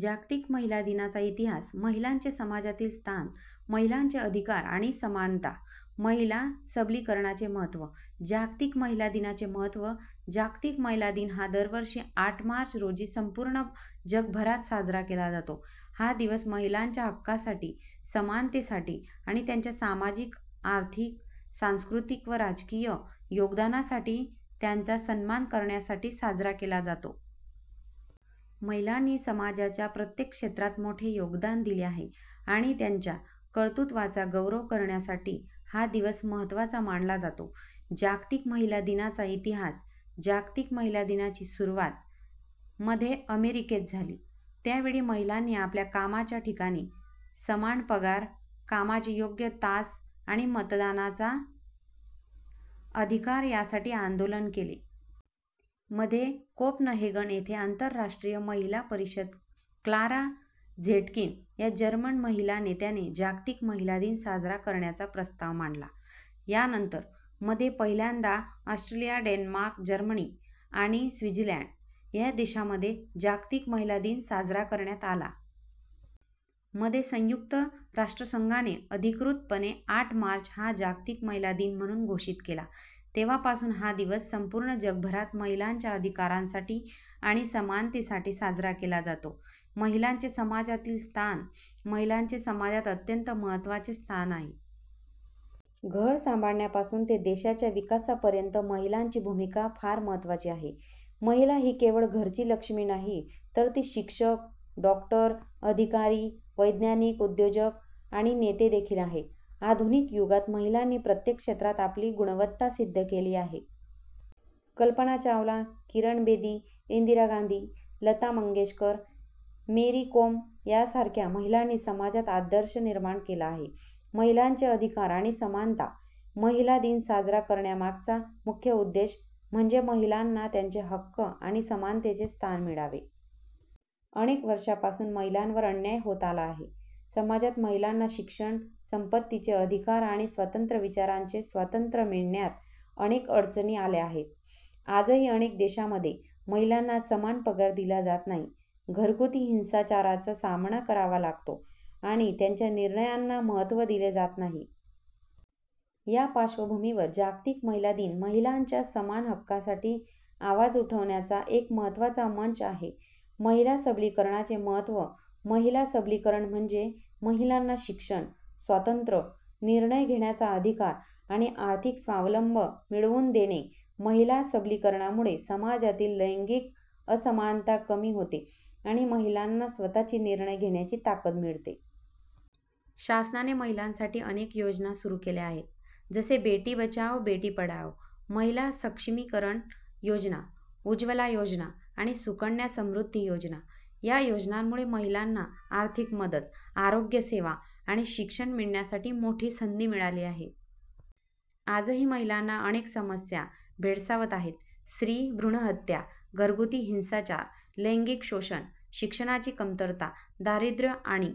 जागतिक महिला दिनाचा इतिहास, महिलांचे समाजातील स्थान, महिलांचे अधिकार आणि समानता, महिला सबलीकरणाचे महत्त्व, जागतिक महिला दिनाचे महत्त्व. जागतिक महिला दिन हा दरवर्षी आठ मार्च रोजी संपूर्ण जगभरात साजरा केला जातो. हा दिवस महिलांच्या हक्कांसाठी, समानतेसाठी आणि त्यांच्या सामाजिक, आर्थिक, सांस्कृतिक व राजकीय योगदानासाठी त्यांचा सन्मान करण्यासाठी साजरा केला जातो. महिलांनी समाजाच्या प्रत्येक क्षेत्रात मोठे योगदान दिले आहे आणि त्यांच्या कर्तृत्वाचा गौरव करण्यासाठी हा दिवस महत्त्वाचा मानला जातो. जागतिक महिला दिनाचा इतिहास जागतिक महिला दिनाची सुरुवात मध्ये अमेरिकेत झाली. त्या वेळी महिलांनी आपल्या कामाच्या ठिकाणी समान पगार, कामाचे योग्य तास आणि मतदानाचा अधिकार यासाठी आंदोलन केले. मध्ये कोपनहेगन येथे आंतरराष्ट्रीय महिला परिषदेत क्लारा झेटकिन या जर्मन महिला नेत्याने जागतिक महिला दिन साजरा करण्याचा प्रस्ताव मांडला. यानंतर मध्ये पहिल्यांदा ऑस्ट्रिया, डेन्मार्क, जर्मनी आणि स्वित्झर्लंड या देशांमध्ये जागतिक महिला दिन साजरा करण्यात आला. मध्ये संयुक्त राष्ट्रसंघाने अधिकृतपणे आठ मार्च हा जागतिक महिला दिन म्हणून घोषित केला. तेव्हापासून हा दिवस संपूर्ण जगभरात महिलांच्या अधिकारांसाठी आणि समानतेसाठी साजरा केला जातो. महिलांचे समाजातील स्थान महिलांचे समाजात अत्यंत महत्त्वाचे स्थान आहे. घर सांभाळण्यापासून ते देशाच्या विकासापर्यंत महिलांची भूमिका फार महत्त्वाची आहे. महिला ही केवळ घरची लक्ष्मी नाही तर ती शिक्षक, डॉक्टर, अधिकारी, वैज्ञानिक, उद्योजक आणि नेते देखील आहे. आधुनिक युगात महिलांनी प्रत्येक क्षेत्रात आपली गुणवत्ता सिद्ध केली आहे. कल्पना चावला, किरण बेदी, इंदिरा गांधी, लता मंगेशकर, मेरी कोम यांसारख्या महिलांनी समाजात आदर्श निर्माण केला आहे. महिलांचे अधिकार आणि समानता महिला दिन साजरा करण्यामागचा मुख्य उद्देश म्हणजे महिलांना त्यांचे हक्क आणि समानतेचे स्थान मिळावे. अनेक वर्षांपासून महिलांवर अन्याय होत आला आहे. समाजात महिलांना शिक्षण, संपत्तीचे अधिकार आणि स्वतंत्र विचारांचे स्वातंत्र्य मिळण्यात अनेक अडचणी आल्या आहेत. आजही अनेक देशांमध्ये महिलांना समान पगार दिला जात नाही, घरगुती हिंसाचाराचा सामना करावा लागतो आणि त्यांच्या निर्णयांना महत्त्व दिले जात नाही. या पार्श्वभूमीवर जागतिक महिला दिन महिलांच्या समान हक्कांसाठी आवाज उठवण्याचा एक महत्त्वाचा मंच आहे. महिला सबलीकरणाचे महत्त्व महिला सबलीकरण म्हणजे महिलांना शिक्षण, स्वातंत्र्य, निर्णय घेण्याचा अधिकार आणि आर्थिक स्वावलंबन मिळवून देणे. महिला सबलीकरणामुळे समाजातील लैंगिक असमानता कमी होते आणि महिलांना स्वतःचे निर्णय घेण्याची ताकद मिळते. शासनाने महिलांसाठी अनेक योजना सुरू केल्या आहेत जसे की बेटी बचाओ बेटी पढाओ, महिला सक्षमीकरण योजना, उज्ज्वला योजना आणि सुकन्या समृद्धी योजना. या योजनांमुळे महिलांना आर्थिक मदत, आरोग्यसेवा आणि शिक्षण मिळवण्यासाठी मोठी संधी मिळाली आहे. आजही महिलांना अनेक समस्या भेडसावत आहेत. स्त्री भ्रूणहत्या, घरगुती हिंसाचार, लैंगिक शोषण, शिक्षणाची कमतरता, दारिद्र्य आणि